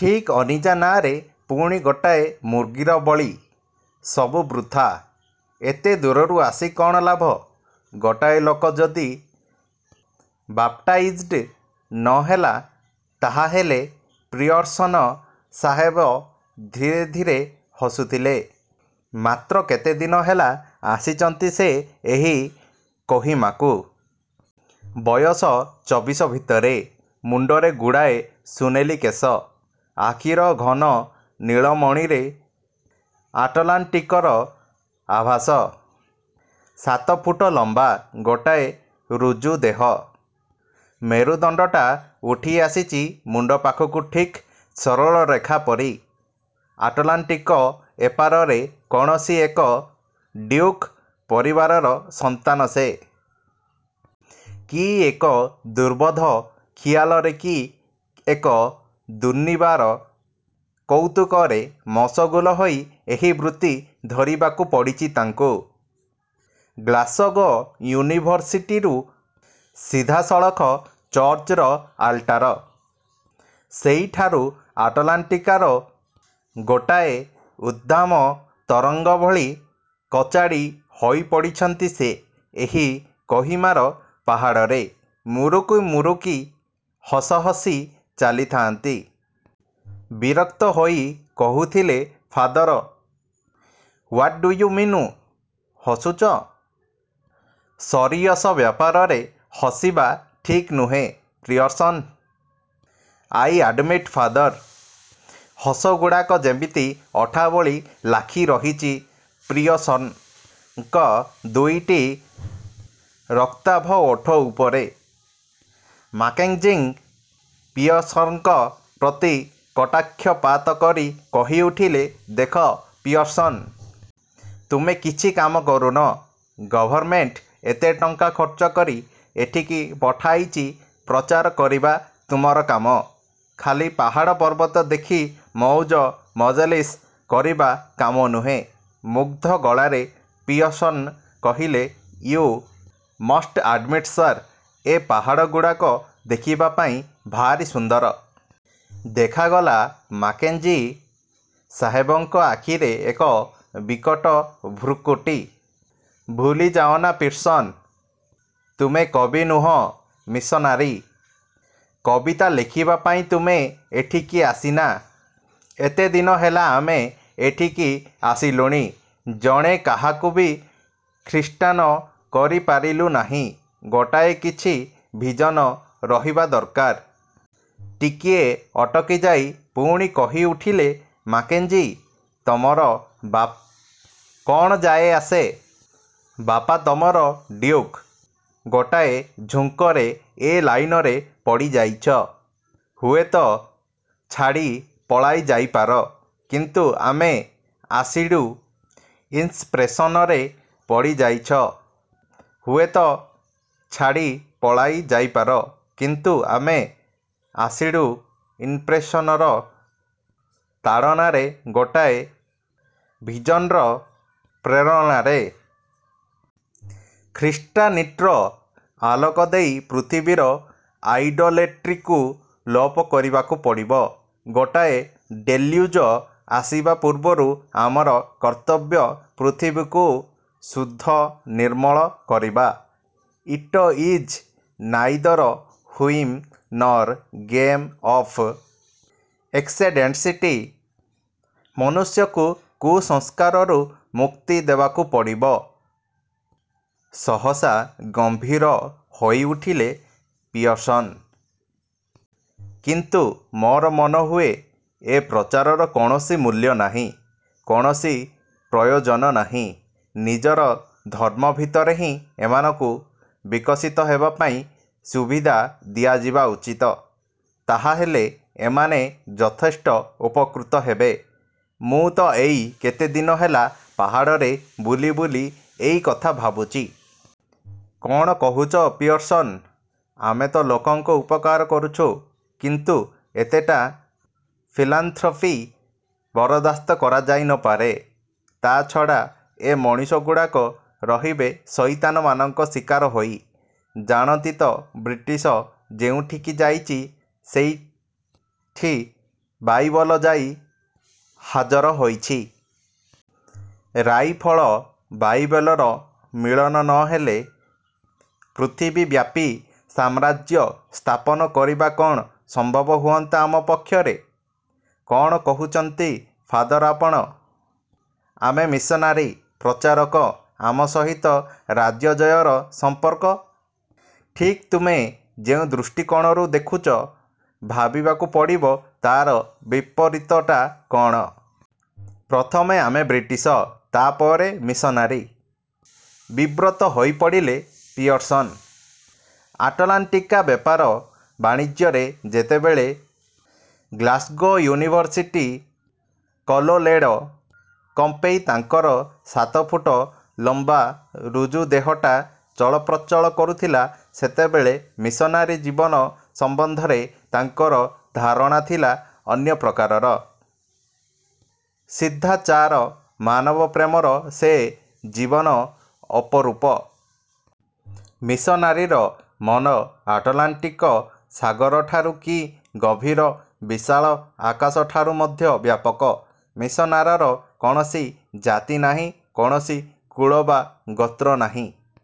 ଠିକ୍ ଅନିଜା ନାଁରେ ପୁଣି ଗୋଟାଏ ମୁର୍ଗୀର ବଳି। ସବୁ ବୃଥା। ଏତେ ଦୂରରୁ ଆସି କ'ଣ ଲାଭ? ଗୋଟାଏ ଲୋକ ଯଦି ବାପ୍ଟାଇଜ୍ଡ଼ ନ ହେଲା ତାହାହେଲେ ପିୟର୍ସନ ସାହେବ ଧୀରେ ଧୀରେ ହସୁଥିଲେ। ମାତ୍ର କେତେଦିନ ହେଲା ଆସିଚନ୍ତି ସେ ଏହି କୋହିମାକୁ। ବୟସ ଚବିଶ ଭିତରେ। ମୁଣ୍ଡରେ ଗୁଡ଼ାଏ ସୁନେଲୀ କେଶ। ଆଖିର ଘନ ନୀଳମଣିରେ ଆଟଲାଣ୍ଟିକର ଆଭାସ। ସାତ ଫୁଟ ଲମ୍ବା ଗୋଟାଏ ଋଜୁ ଦେହ। ମେରୁଦଣ୍ଡଟା ଉଠିଆସିଚି ମୁଣ୍ଡ ପାଖକୁ ଠିକ୍ ସରଳରେଖା ପରି। ଆଟଲାଣ୍ଟିକ ଏପାରରେ କୌଣସି ଏକ ଡିଉକ୍ ପରିବାରର ସନ୍ତାନ ସେ। କି ଏକ ଦୁର୍ବୋଧ୍ୟ ଖିଆଲରେ କି ଏକ ଦୁର୍ନିବାର କୌତୁକରେ ମସଗୁଲ ହୋଇ ଏହି ବୃତ୍ତି ଧରିବାକୁ ପଡ଼ିଚି ତାଙ୍କୁ। ଗ୍ଳାସଗୋ ୟୁନିଭରସିଟିରୁ ସିଧାସଳଖ ଚର୍ଚ୍ଚର ଆଲ୍ଟାର। ସେଇଠାରୁ ଆଟଲାଣ୍ଟିକାର ଗୋଟାଏ ଉଦ୍ଦାମ ତରଙ୍ଗ ଭଳି କଚାଡ଼ି ହୋଇପଡ଼ିଚନ୍ତି ସେ ଏହି କୋହିମାର ପାହାଡ଼ରେ। ମୁରୁକି ମୁରୁକି ହସ ହସି ଚାଲିଥାଆନ୍ତି। ବିରକ୍ତ ହୋଇ କହୁଥିଲେ ଫାଦର–ହ୍ୱାଟ୍ ଡ଼ୁ ୟୁ ମିନୁ? ହସୁଚ? ସରିୟସ ବ୍ୟାପରରେ ହସିବା ଠିକ୍ ନୁହେଁ ପିୟର୍ସନ! –I admit father. ହସଗୁଡ଼ାକ ଯେମିତି ଅଠା ଭଳି ଲାଖିରହିଚି ପିୟର୍ସନଙ୍କ ଦୁଇଟି ରକ୍ତାଭ ଓଠ ଉପରେ। ମାକେଂଜିଂ ପିୟର୍ସଙ୍କ ପ୍ରତି କଟାକ୍ଷପାତ କରି କହିଉଠିଲେ–ଦେଖ ପିୟର୍ସନ। ତୁମେ କିଛି କାମ କରୁନ। ଗଭର୍ଣ୍ଣମେଣ୍ଟ ଏତେ ଟଙ୍କା ଖର୍ଚ୍ଚ କରି ଏଠିକି ପଠାଇଚି। ପ୍ରଚାର କରିବା ତୁମର କାମ, ଖାଲି ପାହାଡ଼ ପର୍ବତ ଦେଖି ମଉଜ ମଜଲିସ୍ କରିବା କାମ ନୁହେଁ। ମୁଗ୍ଧ ଗଳାରେ ପିୟର୍ସନ କହିଲେ–ୟୁ ମଷ୍ଟ ଆଡ଼୍ମିଟ ସାର–ଏ ପାହାଡ଼ଗୁଡ଼ାକ ଦେଖିବା ପାଇଁ ଭାରି ସୁନ୍ଦର। ଦେଖାଗଲା ମାକେଂଜି ସାହେବଙ୍କ ଆଖିରେ ଏକ ବିକଟ ଭ୍ରୁକୁଟି–ଭୁଲି ଯାଅନା ପିର୍ସନ, ତୁମେ କବି ନୁହଁ, ମିଶନାରୀ। କବିତା ଲେଖିବା ପାଇଁ ତୁମେ ଏଠିକି ଆସିନା। ଏତେଦିନ ହେଲା ଆମେ ଏଠିକି ଆସିଲୁଣି, ଜଣେ କାହାକୁ ବି ଖ୍ରୀଷ୍ଟାନ କରିପାରିଲୁ ନାହିଁ। ଗୋଟାଏ କିଛି ଭିଜନ ରହିବା ଦରକାର। ଟିକିଏ ଅଟକି ଯାଇ ପୁଣି କହିଉଠିଲେ ମାକେଂଜି–ତମର ବା କ'ଣ ଯାଏ ଆସେ? ବାପା ତମର ଡ଼ିଉକ୍। ଗୋଟାଏ ଝୁଙ୍କରେ ଏ ଲାଇନରେ ପଡ଼ିଯାଇଚ, ହୁଏତ ଛାଡ଼ି ପଳାଇ ଯାଇପାର। କିନ୍ତୁ ଆମେ ଆସିଡ଼ୁ ଇନ୍ସପ୍ରେସନରେ ପଡ଼ିଯାଇଚ, ହୁଏତ ଛାଡ଼ି ପଳାଇ ଯାଇପାର-। କିନ୍ତୁ ଆମେ ଆସିଡ଼ୁ ଇନ୍ସପ୍ରେସନର ତାଡ଼ନାରେ, ଗୋଟାଏ ଭିଜନ୍ର ପ୍ରେରଣାରେ-। ଖ୍ରୀଷ୍ଟାନିଟ୍ର ଆଲୋକ ଦେଇ ପୃଥିବୀର ଆଇଡ଼ୋଲେଟ୍ରିକୁ ଲୋପ କରିବାକୁ ପଡ଼ିବ। ଗୋଟାଏ ଡ଼େଲ୍ୟୁଜ ଆସିବା ପୂର୍ବରୁ ଆମର କର୍ତ୍ତବ୍ୟ ପୃଥିବୀକୁ। ଶୁଦ୍ଧ, ନିର୍ମଳ କରିବା। It is neither whim nor game of accidentality. ମନୁଷ୍ୟକୁ କୁସଂସ୍କାରରୁ ମୁକ୍ତି ଦେବାକୁ ପଡ଼ିବ-।……. ସହସା ଗମ୍ଭୀର ହୋଇଉଠିଲେ ପିୟର୍ସନ। କିନ୍ତୁ ମୋର ମନେହୁଏ, ଏ ପ୍ରଚାରର କୌଣସି ମୂଲ୍ୟ ନାହିଁ। କୌଣସି ପ୍ରୟୋଜନ ନାହିଁ। ନିଜର ଧର୍ମ ଭିତରେ ହିଁ ଏମାନଙ୍କୁ ବିକଶିତ ହେବା ପାଇଁ ସୁବିଧା ଦିଆଯିବା ଉଚିତ। ତାହାହେଲେ ଏମାନେ ଯଥେଷ୍ଟ ଉପକୃତ ହେବେ। ମୁଁ ତ ଏଇ କେତେଦିନ ହେଲା ପାହାଡ଼ରେ ବୁଲି ବୁଲି ଏଇ କଥା ଭାବୁଚି। –କ'ଣ କହୁଚ ପିୟର୍ସନ। ଆମେ ତ ଲୋକଙ୍କ ଉପକାର କରୁଚୁ, କିନ୍ତୁ ଏତେଟା ଫିଲାନ୍ଥ୍ରପି ବରଦାସ୍ତ କରାଯାଇ ନ ପାରେ। ତା ଛଡ଼ା ଏ ମଣିଷଗୁଡ଼ାକ ରହିବେ ସଇତାନମାନଙ୍କ ଶିକାର ହୋଇ। ଜାଣନ୍ତି ତ ବ୍ରିଟିଶ ଯେଉଁଠିକି ଯାଇଚି, ସେଠି ବାଇବଲ ଯାଇ ହାଜର ହୋଇଚି। ରାଇଫଳ, ବାଇବେଲର ମିଳନ ନ ହେଲେ ପୃଥିବୀବ୍ୟାପୀ ସାମ୍ରାଜ୍ୟ ସ୍ଥାପନ କରିବା କ'ଣ ସମ୍ଭବ ହୁଅନ୍ତା ଆମ ପକ୍ଷରେ? –କ'ଣ କହୁଚନ୍ତି ଫାଦର ଆପଣ! ଆମେ ମିଶନାରୀ, ପ୍ରଚାରକ। ଆମ ସହିତ ରାଜ୍ୟଜୟର ସମ୍ପର୍କ? –ଠିକ୍ ତୁମେ ଯେଉଁ ଦୃଷ୍ଟିକୋଣରୁ ଦେଖୁଚ, ଭାବିବାକୁ ପଡ଼ିବ ତାର ବିପରୀତଟା କ'ଣ-। ପ୍ରଥମେ ଆମେ ବ୍ରିଟିଶ, ତାପରେ ମିଶନାରୀ। ବିବ୍ରତ ହୋଇପଡ଼ିଲେ ପିୟର୍ସନ। ଆଟଲାଣ୍ଟିକ ବେପାର ବାଣିଜ୍ୟରେ ଯେତେବେଳେ ଗ୍ଳାସ୍ଗୋ ୟୁନିଭରସିଟି କଲୋଲେଡ଼ କମ୍ପେଇ ତାଙ୍କର ସାତଫୁଟ ଲମ୍ବା ଋଜୁ ଦେହଟା ଚଳପ୍ରଚଳ କରୁଥିଲା ସେତେବେଳେ ମିଶନାରୀ ଜୀବନ ସମ୍ବନ୍ଧରେ ତାଙ୍କର ଧାରଣା ଥିଲା ଅନ୍ୟ ପ୍ରକାରର। ସିଦ୍ଧାଚାର ମାନବପ୍ରେମର ସେ ଜୀବନ ଅପରୂପ। ମିଶନାରୀର ମନ ଆଟଲାଣ୍ଟିକ ସାଗରଠାରୁ କି ଗଭୀର, ବିଶାଳ ଆକାଶଠାରୁ ମଧ୍ୟ ବ୍ୟାପକ। ମିଶନାରାର କୌଣସି ଜାତି ନାହିଁ, କୌଣସି କୁଳ ବା ଗୋତ୍ର ନାହିଁ।